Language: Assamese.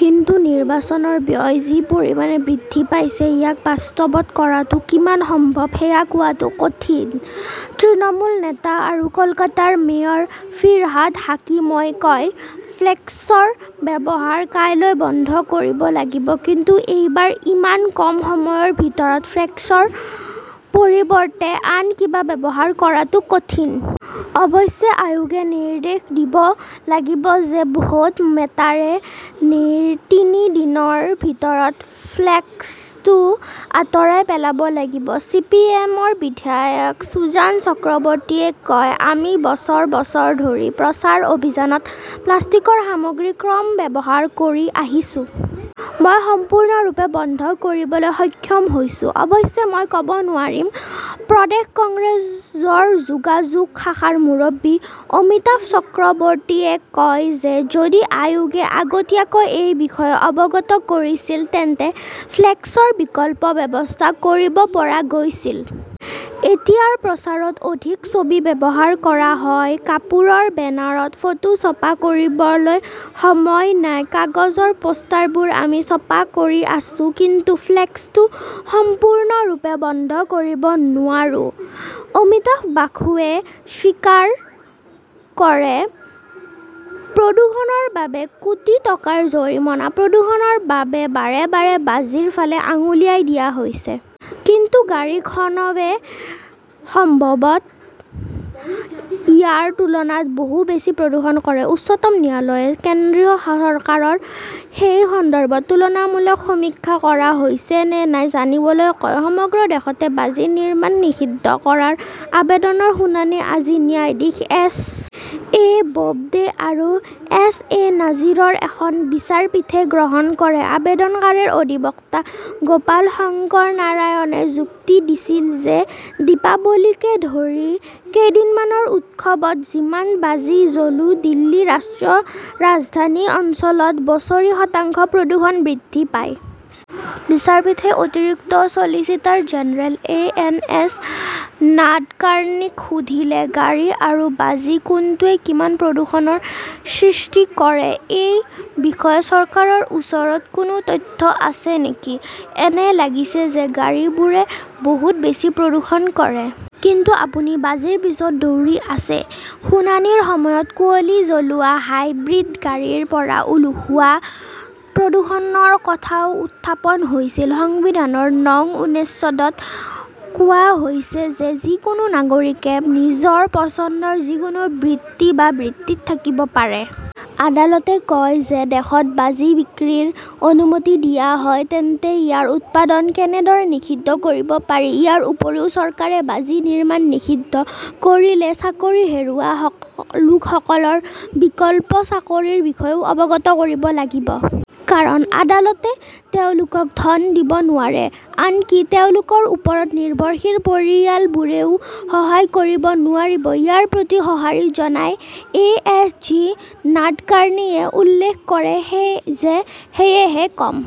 কিন্তু নিৰ্বাচনৰ ব্যয় যি পৰিমাণে বৃদ্ধি পাইছে, ইয়াক বাস্তৱত কৰাটো কিমান সম্ভৱ সেয়া কোৱাটো কঠিন। তৃণমূল নেতা আৰু কলকাতাৰ মেয়ৰ ফিৰহাদ হাকিমই কয়, "ফ্লেক্সৰ ব্যৱহাৰ কাইলৈ বন্ধ কৰিব লাগিব। কিন্তু এইবাৰ ইমান কম সময়ৰ ভিতৰত ফ্লেক্সৰ পৰিৱৰ্তে আন কিবা ব্যৱহাৰ কৰাটো কঠিন। অৱশ্যে আয়োগে নিৰ্দেশ দিব লাগে যে ভোট মেটাৰে তিনি দিনৰ ভিতৰত ফ্লেক্সটো আঁতৰাই পেলাব লাগিব। "চি. পি. এম. -ৰ বিধায়ক সুজান চক্ৰৱৰ্তীয়ে কয়", আমি বছৰ বছৰ ধৰি প্ৰচাৰ অভিযানত প্লাষ্টিকৰ সামগ্ৰী কম ব্যৱহাৰ কৰি আহিছো। মই সম্পূৰ্ণৰূপে বন্ধ কৰিবলৈ সক্ষম হৈছো, অৱশ্যে, মই ক 'ব নোৱাৰিম। "প্ৰদেশ কংগ্ৰেছৰ যোগাযোগ শাখাৰ মুৰব্বী অমিতাভ চক্ৰৱৰ্তীয়ে কয় যে যদি আয়োগে আগতীয়াকৈ এই বিষয়ে অৱগত কৰিছিল তেন্তে ফ্লেক্সৰ বিকল্প ব্যৱস্থা কৰিব পৰা গৈছিল। এতিয়া প্ৰচাৰত অধিক ছবি ব্যৱহাৰ কৰা হয়। কাপোৰৰ বেনাৰত ফটো ছপা কৰিবলৈ সময় নাই। "কাগজৰ পোষ্টাৰবোৰ আমি ছপা কৰি আছো। কিন্তু ফ্লেক্সটো সম্পূৰ্ণৰূপে বন্ধ কৰিব নোৱাৰিম ", অমিতাভ বাবুৱে স্বীকাৰ কৰে। প্ৰদূষণৰ বাবে কোটি টকাৰ জৰিমনা প্ৰদূষণৰ বাবে বাৰে বাৰে বাজিৰ ফালে আঙুলিয়াই দিয়া হৈছে। কিন্তু গাড়ীখনৱে সম্ভৱতঃ ইয়াৰ তুলনাত বহু বেছি প্ৰদূষণ কৰে। উচ্চতম ন্যায়ালয়ে কেন্দ্ৰীয় চৰকাৰক এই সন্দৰ্ভত তুলনামূলক সমীক্ষা কৰা হৈছে নে নাই জানিবলৈ কয়। সমগ্ৰ দেশতে বাজি নিৰ্মাণ নিষিদ্ধ কৰাৰ আবেদনৰ শুনানি আজি ন্যায়াধীশ এছ. এ. বোবদে আৰু এছ. এ. নাজিৰৰ এখন বিচাৰপীঠে গ্ৰহণ কৰে। আবেদনকাৰীৰ অধিবক্তা গোপাল শংকৰনাৰায়ণনে যুক্তি দিছিল যে দীপাৱলীকে ধৰি কেইদিনমানৰ উৎসৱত যিমান বাজি জ্বলো, দিল্লী ৰাষ্ট্ৰীয় ৰাজধানী অঞ্চলত বছৰি শতাংশ প্ৰদূষণ বৃদ্ধি পায়। বিচাৰপীঠে অতিৰিক্ত solicitor general A. N. S. নাদকাৰ্ণীক সুধিলে, "গাড়ী আৰু বাজি, কোনটোৱে কিমান প্ৰদূষণৰ সৃষ্টি কৰে সেই বিষয়ে চৰকাৰৰ ওচৰত কোনো তথ্য আছে নেকি? এনে লাগিছে যে গাড়ীবোৰে বহুত বেছি প্ৰদূষণ কৰে। কিন্তু আপুনি বাজিৰ পিছত দৌৰি আছে। "শুনানিৰ সময়ত কুঁৱলী জ্বলোৱা, হাইব্ৰিড গাড়ীৰ পৰা হোৱা প্ৰদূষণৰ কথাও উত্থাপন হৈছিল। সংবিধানৰ নং অনুচ্ছেদত কোৱা হৈছে যে যিকোনো নাগৰিকে নিজৰ পচন্দৰ যিকোনো বৃত্তি বা বৃত্তিত থাকিব পাৰে। আদালতে কয় যে যদি দেশত বাজি বিক্ৰীৰ অনুমতি দিয়া হয়, তেন্তে ইয়াৰ উৎপাদন কেনেদৰে নিষিদ্ধ কৰিব পাৰি? ইয়াৰ উপৰিও, চৰকাৰে বাজি নিৰ্মাণ নিষিদ্ধ কৰিলে চাকৰি হেৰুওৱা লোকসকলৰ বিকল্প চাকৰিৰ বিষয়েও অৱগত কৰিব লাগিব। কাৰণ, আদালতে তেওঁলোকক ধন দিব নোৱাৰে। আনকি তেওঁলোকৰ ওপৰত নিৰ্ভৰশীল পৰিয়ালবোৰেও সহায় কৰিব নোৱাৰিব। ইয়াৰ প্ৰতি সঁহাৰি জনাই এ. এছ. জি. নাদকাৰ্ণীয়ে উল্লেখ কৰে যে সেয়েহে কম